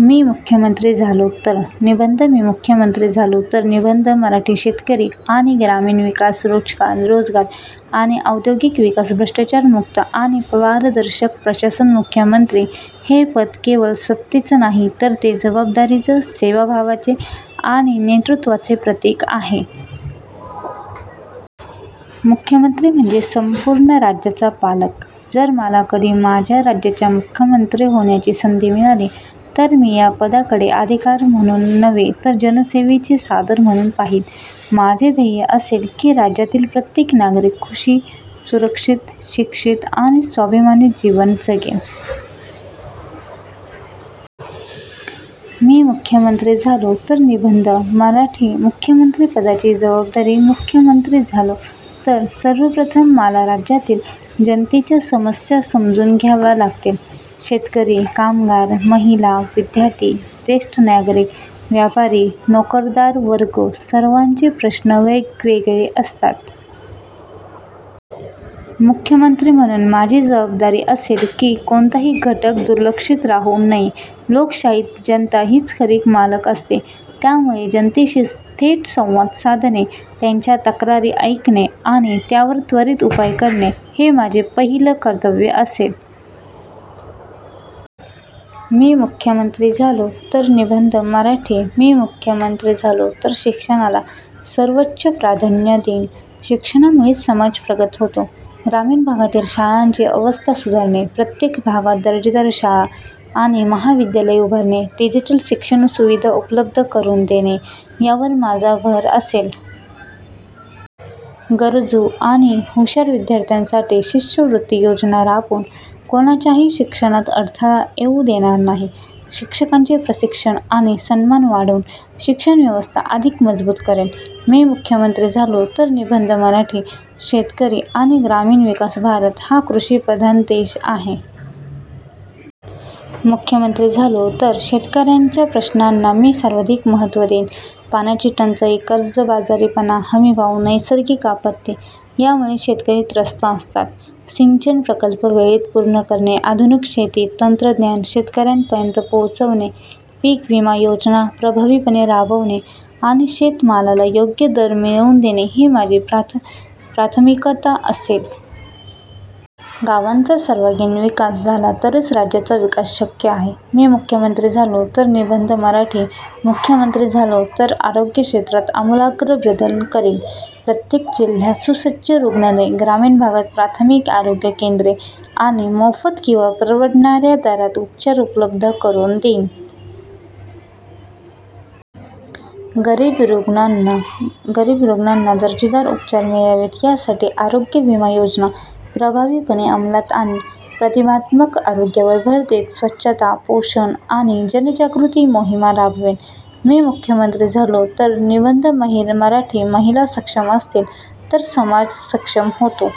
मी मुख्यमंत्री झालो तर निबंध मी मुख्यमंत्री झालो तर निबंध मराठी शेतकरी आणि ग्रामीण विकास रोजगार आणि औद्योगिक विकास भ्रष्टाचारमुक्त आणि पारदर्शक प्रशासन मुख्यमंत्री हे पद केवळ सत्तेचे नाही, तर ते जबाबदारीचे, सेवाभावाचे आणि नेतृत्वाचे प्रतीक आहे. मुख्यमंत्री म्हणजे संपूर्ण राज्याचा पालक. जर मला कधी माझ्या राज्याचा मुख्यमंत्री होण्याची संधी मिळाली, तर मी या पदाकडे अधिकार म्हणून नव्हे, तर जनसेवेचे साधन म्हणून पाहीन. माझे ध्येय असेल की राज्यातील प्रत्येक नागरिक सुखी, सुरक्षित, शिक्षित आणि स्वाभिमानी जीवन जगेल. मी मुख्यमंत्री झालो तर निबंध मराठी मुख्यमंत्री पदाची जबाबदारी मुख्यमंत्री झालो तर सर्वप्रथम मला राज्यातील जनतेच्या समस्या समजून घ्याव्या लागतील. शेतकरी, कामगार, महिला, विद्यार्थी, ज्येष्ठ नागरिक, व्यापारी, नोकरदार वर्ग, सर्वांचे प्रश्न वेगवेगळे असतात. मुख्यमंत्री म्हणून माझी जबाबदारी असेल की कोणताही घटक दुर्लक्षित राहू नये. लोकशाहीत जनता हीच खरी मालक असते, त्यामुळे जनतेशी थेट संवाद साधणे, त्यांच्या तक्रारी ऐकणे आणि त्यावर त्वरित उपाय करणे हे माझे पहिले कर्तव्य असेल. मी मुख्यमंत्री झालो तर निबंध मराठी मी मुख्यमंत्री झालो तर शिक्षणाला सर्वोच्च प्राधान्य देईन. शिक्षणामुळेच समाज प्रगत होतो. ग्रामीण भागातील शाळांची अवस्था सुधारणे, प्रत्येक गावात दर्जेदार शाळा आणि महाविद्यालये उभारणे, डिजिटल शिक्षण सुविधा उपलब्ध करून देणे यावर माझा भर असेल. गरजू आणि हुशार विद्यार्थ्यांसाठी शिष्यवृत्ती योजना राबवून कोणाच्याही शिक्षणात अडथळा येऊ देणार नाही. शिक्षकांचे प्रशिक्षण आणि सन्मान वाढवून शिक्षणव्यवस्था अधिक मजबूत करेन. मी मुख्यमंत्री झालो तर निबंध मराठी शेतकरी आणि ग्रामीण विकास भारत हा कृषिप्रधान देश आहे. मुख्यमंत्री झालो तर शेतकऱ्यांच्या प्रश्नांना मी सर्वाधिक महत्त्व देईन. पाण्याची टंचाई, कर्जबाजारीपणा, हमीभाव, नैसर्गिक आपत्ती यामुळे शेतकरी त्रस्त असतात. सिंचन प्रकल्प वेळेत पूर्ण करणे, आधुनिक शेती तंत्रज्ञान शेतकऱ्यांपर्यंत पोहोचवणे, पीक विमा योजना प्रभावीपणे राबवणे आणि शेतमालाला योग्य दर मिळवून देणे ही माझी प्राथमिकता असेल. गावांचा सर्वांगीण विकास झाला तरच राज्याचा विकास शक्य आहे. मी मुख्यमंत्री झालो तर निबंध मराठी मुख्यमंत्री झालो तर आरोग्य क्षेत्रात आमूलाग्र बदल करेन. प्रत्येक जिल्ह्यात सुसज्ज रुग्णालये, ग्रामीण भागात प्राथमिक आरोग्य केंद्रे आणि मोफत किंवा परवडणाऱ्या दरात उपचार उपलब्ध करून देईन. गरीब रुग्णांना दर्जेदार उपचार मिळावेत यासाठी आरोग्य विमा योजना प्रभावीपणे अंमलात आणेन. प्रतिबंधात्मक आरोग्यावर भर देत स्वच्छता, पोषण आणि जनजागृती मोहिमा राबवेन. मी मुख्यमंत्री झालो तर निबंध मराठी महिला सक्षम असतील तर समाज सक्षम होतो.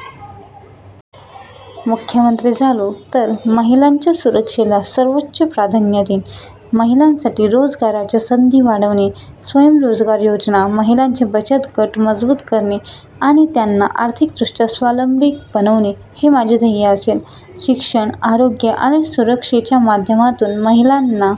मुख्यमंत्री झालो तर महिलांच्या सुरक्षेला सर्वोच्च प्राधान्य देईन. महिलांसाठी रोजगाराच्या संधी वाढवणे, स्वयंरोजगार योजना, महिलांचे बचत गट मजबूत करणे आणि त्यांना आर्थिकदृष्ट्या स्वावलंबी बनवणे हे माझे ध्येय असेल. शिक्षण, आरोग्य आणि सुरक्षेच्या माध्यमातून महिलांना